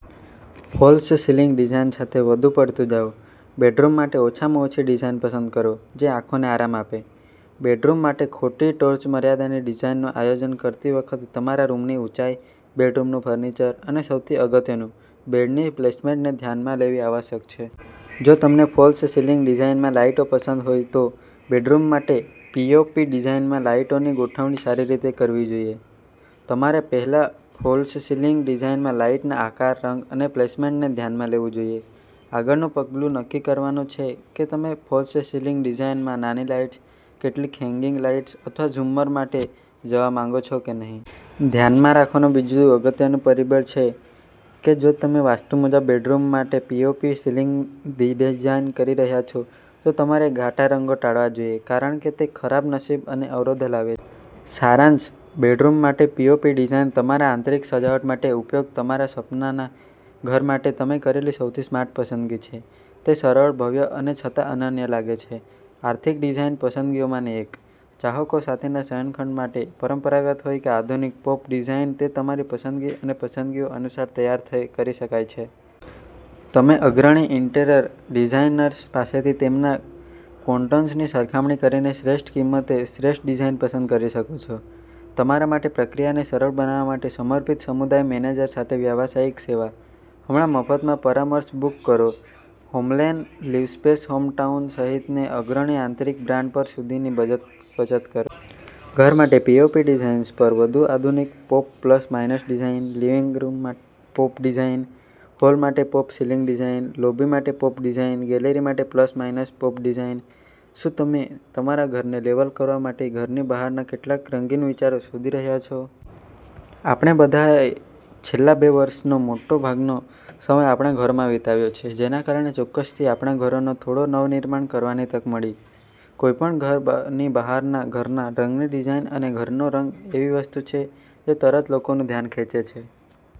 False ceiling design સાથે વધુ પડતું જાઓ. બેડરૂમ માટે ઓછામાં ઓછી ડિઝાઇન પસંદ કરો જે આંખોને આરામ આપે. બેડરૂમ માટે ખોટી ટોચમર્યાદાની ડિઝાઇનનું આયોજન કરતી વખતે તમારે રૂમની ઊંચાઈ, બેડરૂમનું ફર્નિચર અને સૌથી અગત્યનું, બેડની પ્લેસમેન્ટને ધ્યાનમાં લેવી આવશ્યક છે. જો તમને ફોલ્સ સિલિંગ ડિઝાઈનમાં લાઈટો પસંદ હોય તો બેડરૂમ માટે પીઓપી ડિઝાઈનમાં લાઈટોની ગોઠવણી સારી રીતે કરવી જોઈએ. તમારે પહેલા ફોલ્સ સિલિંગ ડિઝાઇનમાં લાઇટના આકાર, રંગ અને પ્લેસમેન્ટને ધ્યાનમાં લેવું જોઈએ. આગળનું પગલું નક્કી કરવાનું છે કે તમે ફોલ્સ સિલિંગ ડિઝાઇનમાં નાની લાઇટ્સ, કેટલીક હેંગિંગ લાઇટ્સ અથવા ઝુમ્મર માટે જવા માંગો છો કે નહીં. ધ્યાનમાં રાખવાનું બીજું અગત્યનું પરિબળછે કે જો તમે વાસ્તુ મુજબ બેડરૂમ માટે પીઓપી સીલિંગ ડિઝાઇન કરી રહ્યા છો, તો તમારે ઘાટા રંગો ટાળવા જોઈએ કારણ કે તે ખરાબ નસીબ અને અવરોધો લાવે છે. સારાંશ બેડરૂમ માટે પીઓપી ડિઝાઇન તમારા આંતરિક સજાવટ માટે ઉપયોગ તમારા સપનાના ઘર માટે તમે કરેલી સૌથી સ્માર્ટ પસંદગી છે. તે સરળ, ભવ્ય અને છતાં અનન્ય લાગે છે. આર્થિક ડિઝાઇન પસંદગીઓમાંની એક. ચાહકો સાથેના શયનખંડ માટે પરંપરાગત હોય કે આધુનિક પૉપ ડિઝાઇન, તે તમારી પસંદગી અને પસંદગીઓ અનુસાર તૈયાર કરી શકાય છે. તમે અગ્રણી ઇન્ટિરર ડિઝાઇનર્સ પાસેથી તેમના ક્વોટૉન્સની સરખામણી કરીને શ્રેષ્ઠ કિંમતે શ્રેષ્ઠ ડિઝાઇન પસંદ કરી શકો છો. તમારા માટે પ્રક્રિયાને સરળ બનાવવા માટે સમર્પિત સમુદાય મેનેજર સાથે વ્યવસાયિક સેવા. હમણાં મફત પરામર્શ બુક કરો હોમલેન, લિવસ્પેસ, હોમટાઉન સહિતની અગ્રણી આંતરિક બ્રાન્ડ પર સુધીની બચત કરો. ઘર માટે પીઓપી ડિઝાઇન્સ પર વધુ આધુનિક POP plus minus design, living room POP design, hall માટે પોપ સીલિંગ ડિઝાઇન, લોબી માટે પોપ ડિઝાઇન, ગેલેરી માટે પ્લસ માઇનસ પૉપ ડિઝાઇન. શું તમે તમારા ઘરને લેવલ કરવા માટે ઘરની બહારના કેટલાક રંગીન વિચારો શોધી રહ્યાં છો? આપણે બધાએ છેલ્લાં બે વર્ષનો મોટા ભાગનો સમય આપણા ઘરોમાં વિતાવ્યો છે જેના કારણે ચોક્કસથી આપણા ઘરોને થોડો નવનિર્માણ કરવાની તક મળી. કોઈપણ ઘરની બહારના ઘરના રંગની ડિઝાઇન અને ઘરનો રંગ એવી વસ્તુ છે જે તરત લોકોનું ધ્યાન ખેંચે છે.